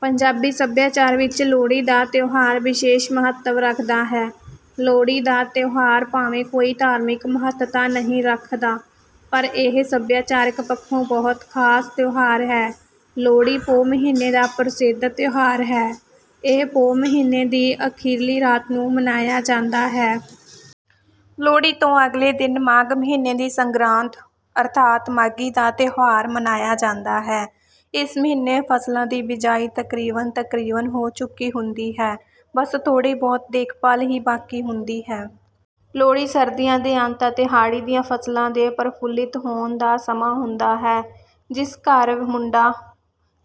ਪੰਜਾਬੀ ਸੱਭਿਆਚਾਰ ਵਿੱਚ ਲੋਹੜੀ ਦਾ ਤਿਉਹਾਰ ਵਿਸ਼ੇਸ਼ ਮਹੱਤਵ ਰੱਖਦਾ ਹੈ। ਲੋਹੜੀ ਦਾ ਤਿਉਹਾਰ ਭਾਵੇਂ ਕੋਈ ਧਾਰਮਿਕ ਮਹੱਤਤਾ ਨਹੀਂ ਰੱਖਦਾ, ਪਰ ਇਹ ਸੱਭਿਆਚਾਰਕ ਪੱਖੋਂ ਬਹੁਤ ਖ਼ਾਸ ਤਿਉਹਾਰ ਹੈ। ਲੋਹੜੀ ਪੋਹ ਮਹੀਨੇ ਦਾ ਪ੍ਰਸਿੱਧ ਤਿਉਹਾਰ ਹੈ, ਇਹ ਪੋਹ ਮਹੀਨੇ ਦੀ ਅਖੀਰਲੀ ਰਾਤ ਨੂੰ ਮਨਾਇਆ ਜਾਂਦਾ ਹੈ। ਲੋਹੜੀ ਤੋਂ ਅਗਲੇ ਦਿਨ ਮਾਘ ਮਹੀਨੇ ਦੀ ਸੰਗਰਾਂਦ, ਅਰਥਾਤ ਮਾਘੀ ਦਾ ਤਿਉਹਾਰ, ਮਨਾਇਆ ਜਾਂਦਾ ਹੈ। ਇਸ ਮਹੀਨੇ ਫ਼ਸਲਾਂ ਦੀ ਬਿਜਾਈ ਤਕਰੀਬਨ-ਤਕਰੀਬਨ ਹੋ ਚੁੱਕੀ ਹੁੰਦੀ ਹੈ, ਬੱਸ ਥੋੜ੍ਹੀ ਬਹੁਤ ਦੇਖ ਭਾਲ ਹੀ ਬਾਕੀ ਹੁੰਦੀ ਹੈ। ਲੋਹੜੀ ਸਰਦੀਆਂ ਦੇ ਅੰਤ ਅਤੇ ਹਾੜ੍ਹੀ ਦੀਆਂ ਫ਼ਸਲਾਂ ਦੇ ਪ੍ਰਫੁੱਲਿਤ ਹੋਣ ਦਾ ਸਮਾਂ ਹੁੰਦਾ ਹੈ। ਜਿਸ ਘਰ ਮੁੰਡਾ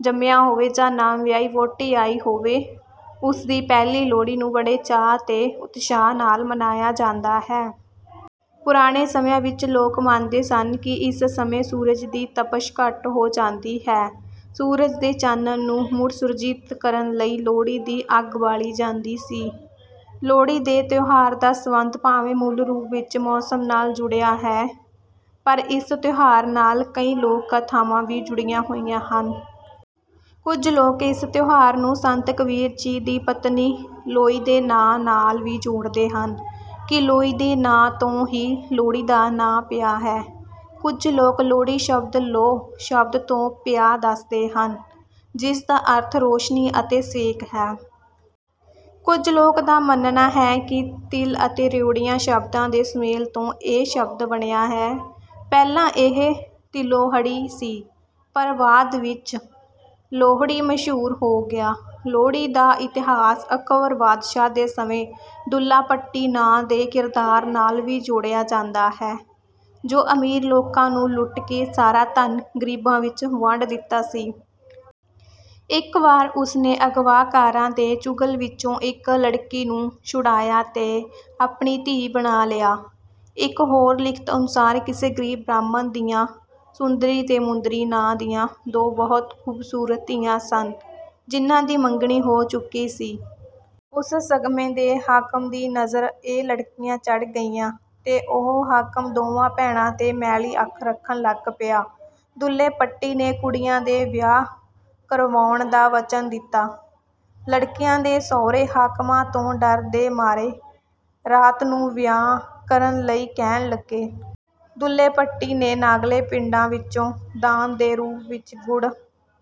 ਜੰਮਿਆ ਹੋਵੇ ਜਾਂ ਨਵਵਿਆਹੀ ਵਹੁਟੀ ਆਈ ਹੋਵੇ, ਉਸ ਦੀ ਪਹਿਲੀ ਲੋਹੜੀ ਨੂੰ ਬੜੇ ਹੀ ਚਾਅ ਤੇ ਉਤਸ਼ਾਹ ਨਾਲ ਮਨਾਇਆ ਜਾਂਦਾ ਹੈ। ਪੁਰਾਣੇ ਸਮਿਆਂ ਵਿੱਚ ਲੋਕ ਮੰਨਦੇ ਸਨ ਕਿ ਇਸ ਸਮੇਂ ਸੂਰਜ ਦੀ ਤਪਸ਼ ਘੱਟ ਹੋ ਜਾਂਦੀ ਹੈ। ਸੂਰਜ ਦੇ ਚਾਨਣ ਨੂੰ ਮੁੜ ਸੁਰਜੀਤ ਕਰਨ ਲਈ ਲੋਹੜੀ ਦੀ ਅੱਗ ਬਾਲੀ ਜਾਂਦੀ ਸੀ। ਲੋਹੜੀ ਦੇ ਤਿਉਹਾਰ ਦਾ ਸਬੰਧ ਭਾਵੇਂ ਮੂਲ ਰੂਪ ਵਿਚ ਮੌਸਮ ਨਾਲ ਜੁੜਿਆ ਹੈ, ਪਰ ਇਸ ਤਿਉਹਾਰ ਨਾਲ ਕਈ ਲੋਕ-ਕਥਾਵਾਂ ਵੀ ਜੁੜੀਆਂ ਹੋਈਆਂ ਹਨ। ਕੁਝ ਲੋਕ ਇਸ ਤਿਉਹਾਰ ਨੂੰ ਸੰਤ ਕਬੀਰ ਜੀ ਦੀ ਪਤਨੀ 'ਲੋਈ' ਦੇ ਨਾਂਅ ਨਾਲ ਵੀ ਜੋੜਦੇ ਹਨ ਕਿ 'ਲੋਈ' ਦੇ ਨਾਂਅ ਤੋਂ ਹੀ 'ਲੋਹੜੀ' ਦਾ ਨਾਂਅ ਪਿਆ ਹੈ। ਕੁਝ ਲੋਕ ਲੋਹੜੀ ਸ਼ਬਦ 'ਲੋਹ' ਸ਼ਬਦ ਤੋਂ ਪਿਆ ਦੱਸਦੇ ਹਨ, ਜਿਸ ਦਾ ਅਰਥ ਰੌਸ਼ਨੀ ਅਤੇ ਸੇਕ ਹੈ। ਕੁਝ ਲੋਕਾਂ ਦਾ ਮੰਨਣਾ ਹੈ ਕਿ ਤਿਲ ਅਤੇ ਰਿਉੜੀਆਂ ਸ਼ਬਦਾਂ ਦੇ ਸੁਮੇਲ ਤੋਂ ਇਹ ਸ਼ਬਦ ਬਣਿਆ ਹੈ, ਪਹਿਲਾਂ ਇਹ 'ਤਿਲੋਹੜੀ' ਸੀ, ਪਰ ਬਾਅਦ ਵਿੱਚ 'ਲੋਹੜੀ' ਮਸ਼ਹੂਰ ਹੋ ਗਿਆ। ਲੋਹੜੀ ਦਾ ਇਤਿਹਾਸ ਅਕਬਰ ਬਾਦਸ਼ਾਹ ਦੇ ਸਮੇਂ 'ਦੁੱਲਾ ਭੱਟੀ' ਨਾਂਅ ਦੇ ਕਿਰਦਾਰ ਨਾਲ ਵੀ ਜੋੜਿਆ ਜਾਂਦਾ ਹੈ, ਜੋ ਅਮੀਰ ਲੋਕਾਂ ਨੂੰ ਲੁੱਟ ਕੇ ਸਾਰਾ ਧਨ ਗ਼ਰੀਬਾਂ ਵਿੱਚ ਵੰਡ ਦਿੰਦਾ ਸੀ। ਇੱਕ ਵਾਰ ਉਸ ਨੇ ਅਗਵਾਕਾਰਾਂ ਦੇ ਚੁੰਗਲ ਵਿਚੋਂ ਇੱਕ ਲੜਕੀ ਨੂੰ ਛੁਡਾਇਆ ਤੇ ਆਪਣੀ ਧੀ ਬਣਾ ਲਿਆ। ਇੱਕ ਹੋਰ ਲਿਖਤ ਅਨੁਸਾਰ ਕਿਸੇ ਗ਼ਰੀਬ ਬ੍ਰਾਹਮਣ ਦੀਆਂ ਸੁੰਦਰੀ ਤੇ ਮੁੰਦਰੀ ਨਾਂਅ ਦੀਆਂ ਦੋ ਬਹੁਤ ਖੂਬਸੂਰਤ ਧੀਆਂ ਸਨ, ਜਿਨ੍ਹਾਂ ਦੀ ਮੰਗਣੀ ਹੋ ਚੁੱਕੀ ਸੀ। ਉਸ ਸਮੇਂ ਦੇ ਹਾਕਮ ਦੀ ਨਜ਼ਰੀ ਇਹ ਲੜਕੀਆਂ ਚੜ੍ਹ ਗਈਆਂ ਤੇ ਉਹ ਹਾਕਮ ਦੋਵਾਂ ਭੈਣਾਂ ਤੇ ਮੈਲੀ ਅੱਖ ਰੱਖਣ ਲੱਗ ਪਿਆ। ਦੁੱਲੇ ਭੱਟੀ ਨੇ ਕੁੜੀਆਂ ਦੇ ਵਿਆਹ ਕਰਵਾਉਣ ਦਾ ਵਚਨ ਦਿੱਤਾ। ਲੜਕੀਆਂ ਦੇ ਸਹੁਰੇ ਹਾਕਮਾਂ ਤੋਂ ਡਰ ਦੇ ਮਾਰੇ ਰਾਤ ਨੂੰ ਵਿਆਹ ਕਰਨ ਲਈ ਕਹਿਣ ਲੱਗੇ। ਦੁੱਲੇ ਭੱਟੀ ਨੇ ਲਾਗਲੇ ਪਿੰਡਾਂ ਵਿਚੋਂ ਦਾਨ ਦੇ ਰੂਪ ਵਿੱਚ ਗੁੜ